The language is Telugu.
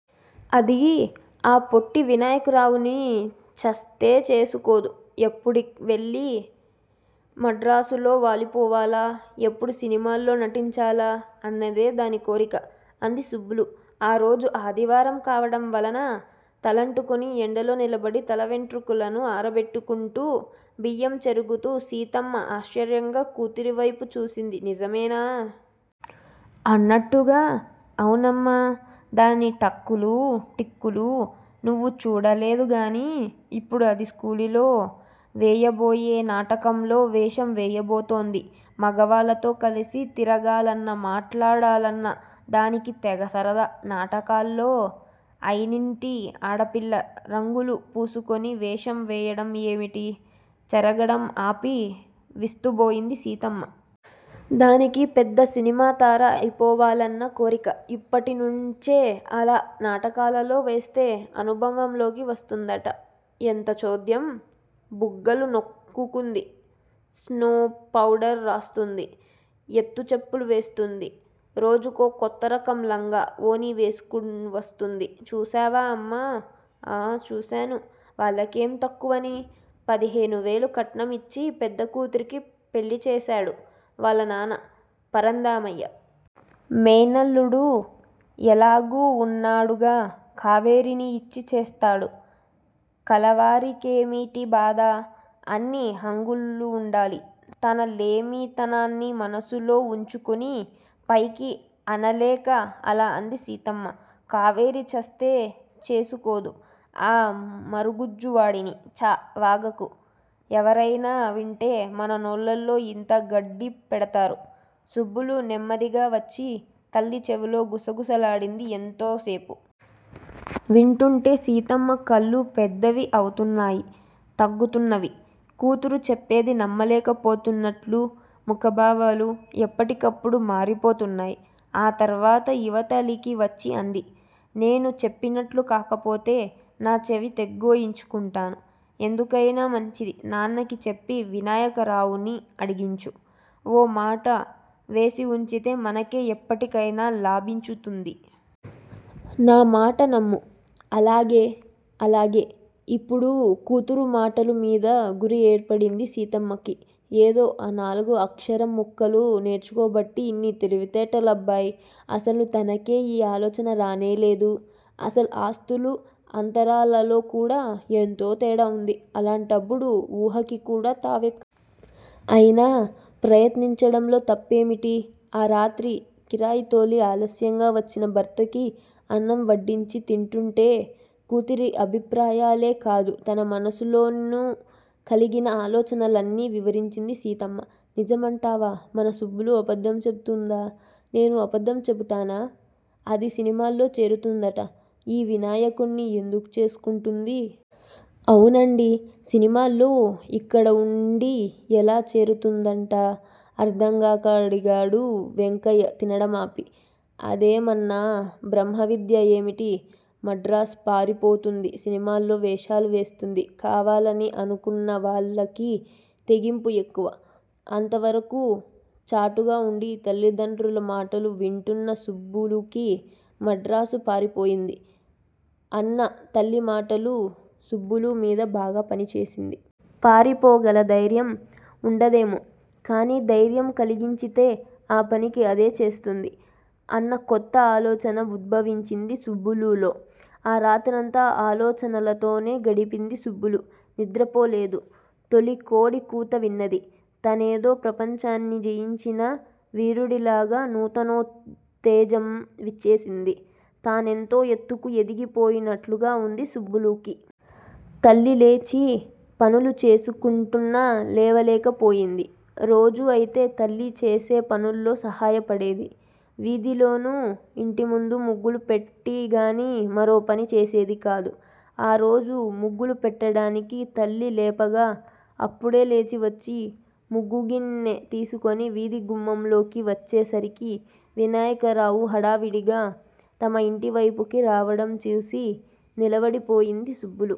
అది ఆ పొట్టి వినాయకరావుని చస్తే చేసుకోదు! ఎప్పుడువెళ్ళి మద్రాసులో వాలిపోవాలా? ఎప్పుడు సినిమాల్లో నటించాలా అన్నదే దాని కోరిక! అంది సుబ్బులు! ఆరోజు ఆదివారం కావటం వలన తలంటుకుని ఎండలో నిలబడి తలవెంట్రుకలను ఆరబెట్టుకుంటూ. బియ్యం చెరుగుతు సీతమ్మ ఆశ్చర్యంగా కూతురివైపు చూసింది నిజమేనా? అన్నట్టుగా! అవునమ్మా! దాని టక్కులు టిక్కులు నువ్వు చూడలేదుగానీ! ఇప్పుడు అది స్కూలులో వేయబోయే నాటకంలో వేషం వేయబోతోంది. మగవాళ్ళతో కలిసి తిరగాలన్నా మాట్లాడాలన్నా దానికి తెగ సరదా! నాటకాల్లో అయినింటి ఆడపిల్ల రంగులు పూసుకుని వేషం వేయటం ఏమిటి? చెరగటం ఆపి విస్తుబోయింది సీతమ్మ. దానికి పెద్ద సినిమాతార అయిపోవాలన్న కోరిక! ఇప్పటినుంచే అలా నాటకాలలో వేస్తే అనుభవంలోకి వస్తుందట! ఎంత చోద్యం! బుగ్గలు నొక్కుకుంది. స్నో, పౌడర్ రాస్తుంది ఎత్తుచేప్పులు వేస్తుంది రోజుకో కొత్తరకం లంగా, ఓణీ వేసుకువస్తుంది చూశావా అమ్మా! ఆఁచూశాను! వాళ్లకేం తక్కువని? పదిహేనువేలు కట్నం యిచ్చి పెద్దకూతురికి పెళ్ళిచేశాడు వాళ్ళనాన్న పరంధామయ్య! మేనల్లుడు ఎలాగూ వున్నాడుగా! కావేరీని యిచ్చి చేస్తాడు! కలవారికేమిటి బాధ? అన్ని హంగులూవుండాలి! తన లేమితనాన్ని మనసులో వుంచుకుని పైకి అనలేక అలాఅంది సీతమ్మ. కావేరి చస్తే చేసుకోదు ఆ మరుగుజ్జువాడిని. ఛా! వాగకు! ఎవరయినా వింటే మన నోళ్ళల్లో యింత గడ్డిపెడతారు. సుబ్బులు నెమ్మదిగావచ్చి తల్లి చెవిలో గుసగుసలాడింది ఎంతో సేపు! వింటుంటే సీతమ్మ కళ్ళు పెద్దవి అవుతున్నాయి తగ్గుతున్నవి! కూతురు చెప్పేది నమ్మలేకపోతున్నట్లు ముఖభావాలు ఎప్పటికప్పుడు మారిపోతున్నాయి. ఆ తరువాత యివతలికి వచ్చిఅంది. నేను చెప్పినట్లుకాకపోతే నా చెవి తెగ్గోయించుకుంటాను. ఎందుకయినా మంచిది నాన్నకి చెప్పి వినాయకరావుని అడిగించు! ఓ మాట వేసివుంచితే మనకే ఎప్పటికయినా లాభించుతుంది. నా మాట నమ్ము! అలాగే! అలాగే! ఇప్పుడు కూతురుమాటలు మీద గురిఏర్పడింది సీతమ్మకి! ఏదో ఆ నాలుగు అక్షరం ముక్కలు నేర్చుకోబట్టి యిన్ని తెలివితేటలు అబ్బాయి! అసలు తనకే ఈ ఆలోచన రానేలేదు! అసలు ఆస్తులు అంతరాలలోకూడా ఎంతోతేడా వుంది. అలాంటప్పుడు ఊహకికూడా తావు అయినా ప్రయత్నించటంలో తప్పేమిటి? ఆ రాత్రికి కిరాయితోలి ఆలస్యంగా వచ్చిన భర్తకి అన్నంవడ్డించి తింటుంటే కూతురు అభిప్రాయాలేకాదు, తన మనసులోనూ కలిగిన ఆలోచనలన్నీ వివరించింది సీతమ్మ. నిజమంటావా? మన సుబ్బులు అబద్దం చెపుతుందా? నేను అబద్దం చెపుతానా? అది సినిమాల్లో చేరుతుందట! ఈ వినాయకున్ని ఎందుకు చేసుకుంటుంది? అవునండీ! సినిమాల్లో యిక్కడవుండి ఎలా చేరుతుందట? అర్ధంకాక అడిగాడు వెంకయ్య తినడం ఆపి. అదేమన్నా బ్రహ్మ విద్యా ఏమిటి? మద్రాసు పారిపోతుంది సినిమాల్లో వేషాలు వేస్తుంది. కావాలని అనుకున్న వాళ్ళకి తెగింపు ఎక్కువ! అంతవరకూ చాటుగావుండి తల్లిదండ్రుల మాటలు వింటున్న సుబ్బులుకి మద్రాసు పారిపోయింది! అన్న తల్లి మాటలు సుబ్బులు మీద బాగా పనిచేసింది! పారిపోగల ధైర్యం వుండదేమో? కాని ధైర్యం కలిగించితే ఆ పనిఅదే చేస్తుంది! అన్న కొత్త ఆలోచన ఉద్భవించింది సుబ్బులులో. ఆ రాత్రంతా ఆలోచనలతోనే గడిపింది సుబ్బులు! నిద్రపోలేదు. తొలికోడి కూత విన్నది. తనేదో ప్రపంచాన్ని జయించిన వీరుడులాగా నూతనోత్తేజం వచ్చేసింది. తానెంతో ఎత్తుకు ఎదిగిపోయినట్లుగా వుంది సుబ్బులుకి! తల్లిలేచి పనులు చేసుకుంటున్నా లేవలేకపోయింది. రోజూ అయితే తల్లి చేసేపనుల్లో సహాయపడేది. వీధిలోనూ యింటిముందు ముగ్గులు పెట్టిగాని మరోపని చేసేది కాదు! ఆరోజు ముగ్గులు పెట్టటానికి తల్లి లేపగా అప్పుడే లేచివచ్చి ముగ్గుగిన్నె తీసుకుని వీధి గుమ్మంలోకి వచ్చేసరికి వినాయకరావు హడావుడిగా తమ యింటివైపుకే రావటం చూసి నిలబడిపోయింది సుబ్బులు.